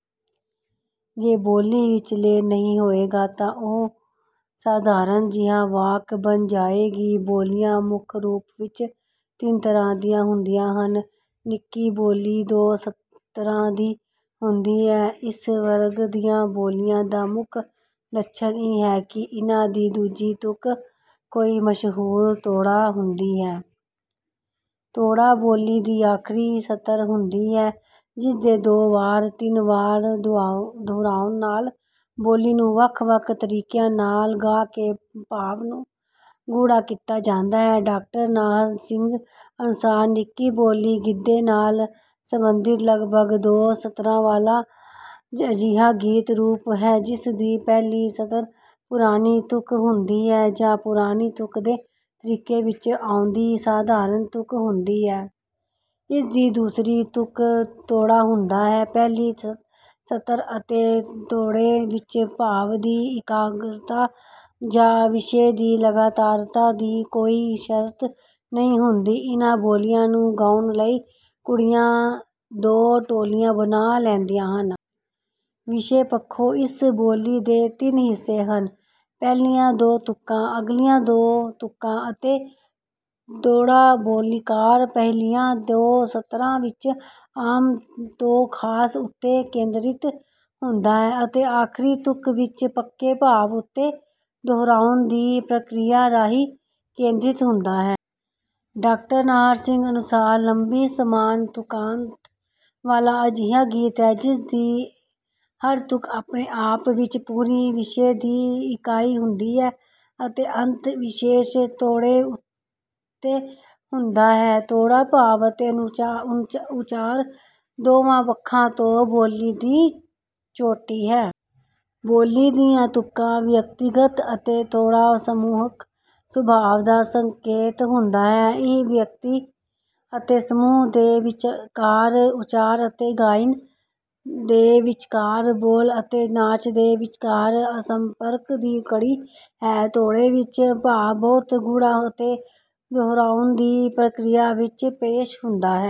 ਜੇ ਬੋਲੀ ਵਿੱਚ ਲੈਅ ਨਹੀਂ ਹੋਵੇਗਾ ਤਾਂ ਉਹ ਸਾਧਾਰਨ ਜਿਹਾ ਵਾਕ ਬਣ ਜਾਵੇਗੀ। ਬੋਲੀਆਂ ਮੁੱਖ ਰੂਪ ਵਿੱਚ ਤਿੰਨ ਤਰ੍ਹਾਂ ਦੀਆਂ ਹੁੰਦੀਆਂ ਹਨ। ਨਿੱਕੀ ਬੋਲੀ ਦੋ ਸਤਰਾਂ ਦੀ ਹੁੰਦੀ ਹੈ। ਇਸ ਵਰਗ ਦੀਆਂ ਬੋਲੀਆਂ ਦਾ ਮੁੱਖ ਲੱਛਣ ਇਹ ਹੈ ਕਿ ਇਨ੍ਹਾਂ ਦੀ ਦੂਜੀ ਤੁਕ ਕੋਈ ਮਸ਼ਹੂਰ 'ਤੋੜਾ' ਹੁੰਦੀ ਹੈ। ਤੋੜਾ ਬੋਲੀ ਦੀ ਆਖਰੀ ਸਤਰ ਹੁੰਦੀ ਹੈ। ਜਿਸ ਦੇ ਦੋ ਵਾਰ ਤਿੰਨ ਵਾਰ ਦੁਹਰਾਉਣ ਨਾਲ ਬੋਲੀ ਨੂੰ ਵੱਖ-ਵੱਖ ਤਰੀਕਿਆਂ ਨਾਲ ਗਾ ਕੇ ਭਾਵ ਨੂੰ ਗੂੜ੍ਹਾ ਕੀਤਾ ਜਾਂਦਾ ਹੈ। ਡਾਕਟਰ ਨਾਹਰ ਸਿੰਘ ਅਨੁਸਾਰ, "ਨਿੱਕੀ ਬੋਲੀ ਗਿੱਧੇ ਨਾਲ ਸੰਬੰਧਿਤ ਲਗਭਗ ਦੋ ਸਤਰਾਂ ਵਾਲਾ ਅਜਿਹਾ ਗੀਤ ਰੂਪ ਹੈ, ਜਿਸ ਦੀ ਪਹਿਲੀ ਸਤਰ ਪੁਰਾਣੀ ਤੁਕ ਹੁੰਦੀ ਹੈ ਜਾਂ ਪੁਰਾਣੀ ਤੁਕ ਦੇ ਤਰੀਕੇ ਵਿੱਚੋਂ ਆਉਂਦੀ ਸਾਧਾਰਨ ਤੁਕ ਹੁੰਦੀ ਹੈ। ਇਸ ਦੀ ਦੂਸਰੀ ਤੁਕ ਤੋੜਾ ਹੁੰਦਾ ਹੈ। ਪਹਿਲੀ ਸਤਰ ਅਤੇ ਤੋੜੇ ਵਿੱਚ ਭਾਵ ਦੀ ਇਕਾਗਰਤਾ ਜਾਂ ਵਿਸ਼ੇ ਦੀ ਲਗਾਤਾਰਤਾ ਦੀ ਕੋਈ ਸ਼ਰਤ ਨਹੀਂ ਹੁੰਦੀ।" ਇਨ੍ਹਾਂ ਬੋਲੀਆਂ ਨੂੰ ਗਾਉਣ ਲਈ ਕੁੜੀਆਂ ਦੋ ਟੋਲੀਆਂ ਬਣਾ ਲੈਂਦੀਆਂ ਹਨ। ਵਿਸ਼ੇ ਪੱਖੋਂ ਇਸ ਬੋਲੀ ਦੇ ਤਿੰਨ ਹਿੱਸੇ ਹਨ – ਪਹਿਲੀਆਂ ਦੋ ਤੁਕਾਂ, ਅਗਲੀਆਂ ਦੋ ਤੁਕਾਂ ਅਤੇ ਤੋੜਾ। ਬੋਲੀਕਾਰ ਪਹਿਲੀਆਂ ਦੋ ਸਤਰਾਂ ਵਿੱਚ ਆਮ ਤੋਂ ਖਾਸ ਉੱਤੇ ਕੇਂਦਰਿਤ ਹੁੰਦਾ ਹੈ ਅਤੇ ਆਖਰੀ ਤੁਕ ਵਿੱਚ ਪੱਕੇ ਭਾਵ ਉੱਤੇ ਦੁਹਰਾਉਣ ਦੀ ਪ੍ਰਕਿਰਿਆ ਰਾਹੀਂ ਕੇਂਦਰਿਤ ਹੁੰਦਾ ਹੈ। ਡਾਕਟਰ ਨਾਹਰ ਸਿੰਘ ਅਨੁਸਾਰ, "ਲੰਮੀ ਸਮਾਨ ਤੁਕਾਂਤ ਵਾਲਾ ਅਜਿਹਾ ਗੀਤ ਹੈ ਜਿਸ ਦੀ ਹਰ ਤੁਕ ਆਪਣੇ ਆਪ ਵਿੱਚ ਪੂਰੀ ਵਿਸ਼ੇ ਦੀ ਇਕਾਈ ਹੁੰਦੀ ਹੈ ਅਤੇ ਅੰਤ ਵਿਸ਼ੇਸ਼ ਤੋੜੇ ਉੱਤੇ ਹੁੰਦਾ ਹੈ। ਤੋੜਾ ਭਾਵ ਅਤੇ ਉਚਾਰ ਦੋਵਾਂ ਪੱਖਾਂ ਤੋਂ ਬੋਲੀ ਦੀ ਚੋਟੀ ਹੈ। ਬੋਲੀ ਦੀਆਂ ਤੁਕਾਂ ਵਿਅਕਤੀਗਤ ਅਤੇ ਤੋੜਾ ਸਮੂਹਕ ਸੁਭਾਅ ਦਾ ਸੰਕੇਤ ਹੁੰਦਾ ਹੈ। ਇਹ ਵਿਅਕਤੀ ਅਤੇ ਸਮੂਹ ਦੇ ਵਿਚਕਾਰ, ਉਚਾਰ ਅਤੇ ਗਾਇਨ ਦੇ ਵਿਚਕਾਰ, ਬੋਲ ਅਤੇ ਨਾਚ ਦੇ ਵਿਚਕਾਰ ਸੰਪਰਕ ਦੀ ਕੜੀ ਹੈ। ਤੋੜੇ ਵਿੱਚ ਭਾਵ ਬਹੁਤ ਗੂੜ੍ਹਾ ਅਤੇ ਦੁਹਰਾਉਣ ਦੀ ਪ੍ਰਕਿਰਿਆ ਵਿੱਚ ਪੇਸ਼ ਹੁੰਦਾ ਹੈ।